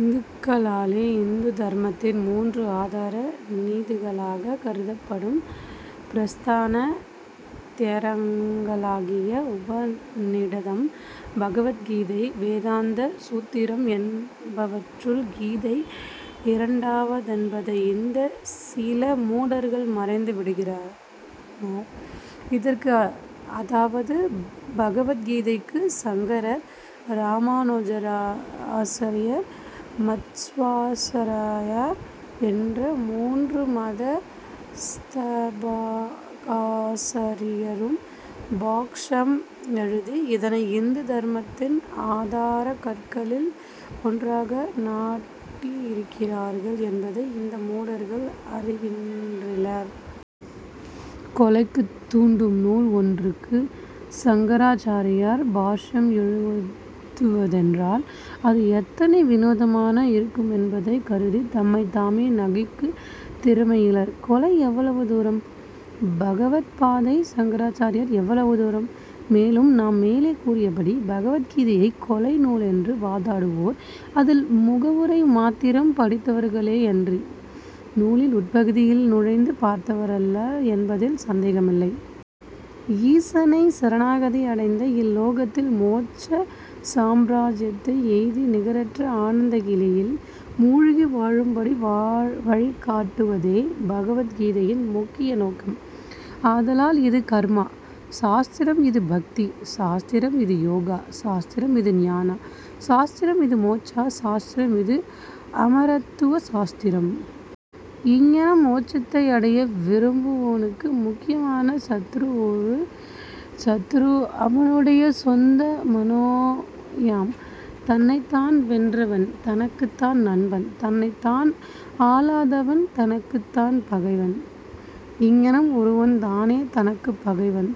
இந்துக்களாலே இந்து தர்மத்தின் மூன்று ஆதார நீதிகளாகக் கருதப்படும் பிரஸ்தான த்ரயங்களாகிய உபநிடதம், பகவத் கீதை, வேதாந்த சூத்திரம் என்பவற்றுள் கீதை இரண்டாவதென்பதை இந்தச் சில மூடர்கள் மறந்து விடுகின்றனர். இதற்கு அதாவது, பகவத் கீதைக்கு சங்கரர், ராமானுஜாசாரியார், மத்வாசாரியார் என்ற மூன்று மத ஸ்தாபகாசாரியரும் பாஷ்யம் எழுதி, இதனை இந்து தர்மத்தின் ஆதாரக் கற்களில் ஒன்றாக நாட்டியிருக்கிறார்கள் என்பதை இந்த மூடர்கள் அறிகின்றிலர். கொலைக்குத் தூண்டும் நூல் ஒன்றுக்கு சங்கராச்சாரியார் பாஷ்யம் எழுதுவதென்றால், அஃது எத்தனை வினோதமாக இருக்குமென்பதைக் கருதித் தம்மைத் தாமே நகைக்குந் திறமையிலர். கொலை எவ்வளவு தூரம்! பகவத்பாத சங்கராசாரியார் எவ்வளவு தூரம்! மேலும், நாம் மேலே கூறியபடி, பகவத் கீதையைக் கொலை நூலென்று வாதாடுவோர், அதில் முகவுரை மாத்திரம் படித்தவர்களேயன்றி, நூலின் உட்பகுதியில் நுழைந்து பார்த்தவரல்லர் என்பதில் சந்தேகமில்லை. ஈசனைச் சரணாகதி அடைந்து இகலோகத்தில் மோட்ச சாம்ராஜ்யத்தை எய்தி நிகரற்ற ஆனந்தக் களியில் மூழ்கி வாழும்படி வழிகாட்டுவதே, பகவத் கீதையின் முக்கிய நோக்கம். ஆதலால் இஃது கர்ம சாஸ்திரம், இஃது பக்தி சாஸ்திரம், இஃது யோக சாஸ்திரம், இஃது ஞான சாஸ்திரம், இஃது மோட்ச சாஸ்திரம், இஃது அமரத்துவ சாஸ்திரம். இங்ஙனம் மோட்சத்தை அடைய விரும்புவோனுக்கு முக்கியமான சத்துரு ஒரே சத்துரு அவனுடைய சொந்த மனமேயாம். தன்னைத்தான் வென்றவன் தனக்குத் தான் நண்பன், தன்னைத்தான் ஆளாதவன் தனக்குத் தான் பகைவன். இங்ஙனம் ஒருவன் தானே தனக்குப் பகைவன்,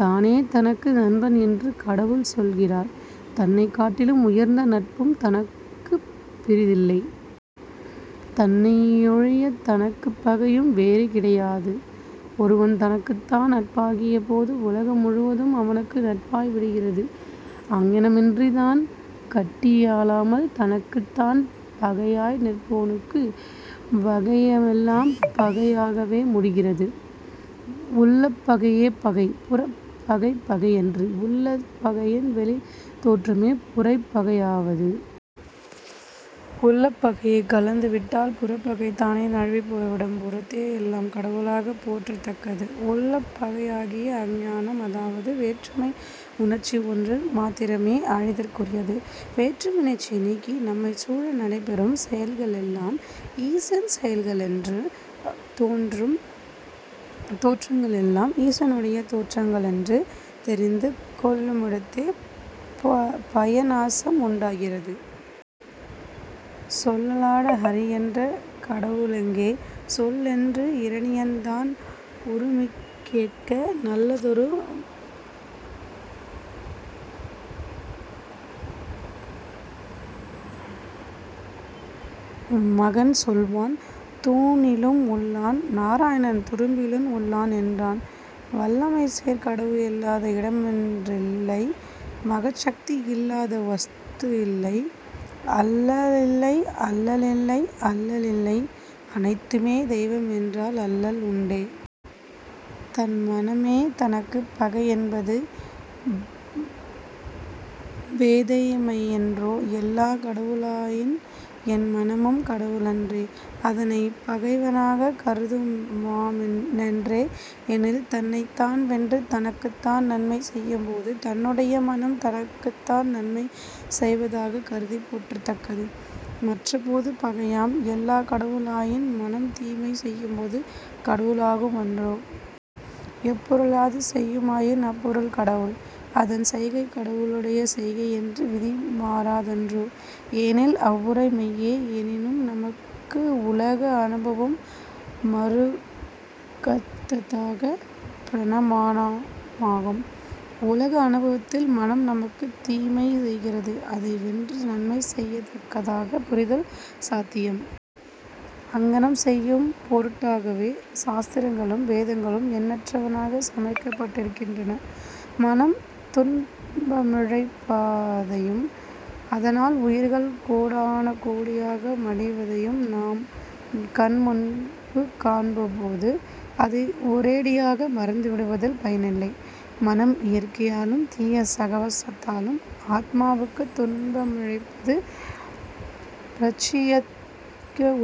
தானே தனக்கு நண்பன் என்று கடவுள் சொல்லுகிறார். தன்னைக் காட்டிலும் உயர்ந்த நட்பும் தனக்குப் பிறிதில்லை. தன்னையொழியத் தனக்குப் பகையும் வேறு கிடையாது. ஒருவன் தனக்குத்தான் நட்பாகியபோது, உலக முழுதும் அவனுக்கு நட்பாய் விடுகிறது. அங்ஙனமின்றித் தான் கட்டியாளாமல் தனக்குத் தான் பகையாக நிற்போனுக்கு வையகமெல்லாம் பகையாகவே முடிகிறது. உள்ளப் பகையே பகை, புறப் பகை பகையன்று. உள்ளப் பகையின் வெளித் தோற்றமே புறப் பகையாவது. உள்ளப் பகையைக் களைந்து விட்டால், புறப்பகை தானே நழுவிப் போய்விடும். புறத்தே எல்லாம் கடவுளாகப் போற்றத் தக்கது. உள்ளப் பகையாகிய அஞ்ஞானம் அதாவது வேற்றுமை உணர்ச்சி ஒன்று மாத்திரமே அழித்தற்குரியது. வேற்றுமையுணர்ச்சியை நீக்கி, நம்மைச் சூழ நடைபெறும் செயல்களெல்லாம் ஈசன் செயல்களென்றும், தோன்றும் தோற்றங்களெல்லாம் ஈசனுடைய தோற்றங்களென்றும் தெரிந்து கொள்ளுமிடத்தே பய நாசம் உண்டாகிறது. சொல்லடா ஹரி என்ற கடவுளெங்கே? சொல் என்று இரணியன் தான் உறுமிக்கேட்க நல்லதொரு மகன் சொல்வான் தூணிலும் உள்ளான், நாராயணன் துரும்பிலும் உள்ளான் என்றான். வல்லமை சேர் கடவுள் இல்லாத இடமொன்றில்லை, மகா சக்தி இல்லாத வஸ்து இல்லை. அல்லலில்லை, அல்லலில்லை, அல்லலில்லை, அனைத்துமே தெய்வம் என்றால் அல்லல் உண்டோ? தன் மனமே தனக்குப் பகையென்பது பேதைமையன்றோ? எல்லாம் கடவுளாயின், என் மனமும் கடவுள் அன்றோ? அதனைப் பகைவனாகக் கருதுமாறென்னே? எனில் தன்னைத்தான் வென்று தனக்குத்தான் நன்மை செய்யும்போது, தன்னுடைய மனம் தனக்குத்தான் நன்மை செய்வதாகக் கருதிப் போற்றத் தக்கது. மற்றப் போது பகையாம். எல்லாம் கடவுளாயின், மனம் தீமை செய்யும்போது கடவுளாகுமன்றோ? எப்பொருள் யாது செய்யுமாயினும் அப்பொருள் கடவுள், அதன் செய்கை கடவுளுடைய செய்கை என்றும், விதி மாறாதன்றோ? எனில் அவ்வுரை மெய்யே. எனினும், நமக்கு உலக அனுபவம் மறுக்கத்தகாத பிரமாணமாகும். உலக அனுபவத்தில் மனம் நமக்குத் தீமை செய்கிறது. அதை வென்று நன்மை செய்யத் தக்கதாகப் புரிதல் சாத்தியம். அங்ஙனம் செய்யும் பொருட்டாகவே, சாஸ்திரங்களும், வேதங்களும் எண்ணற்றனவாகச் சமைக்கப் பட்டிருக்கின்றன. மனம் துன்பமிழைப்பதையும், அதனால் உயிர்கள் கோடானு கோடியாக மடிவதையும் நாம் கண் முன்பு காணும்போது, அதை ஒரேயடியாக மறந்து விடுவதில் பயனில்லை. மனம் இயற்கையாலும், தீய சகவாசத்தாலும் ஆத்மாவுக்குத் துன்பமிழைப்பது பிரத்தியட்ச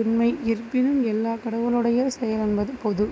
உண்மை. இருப்பினும் எல்லாம் கடவுளுடைய செயலென்பது பொது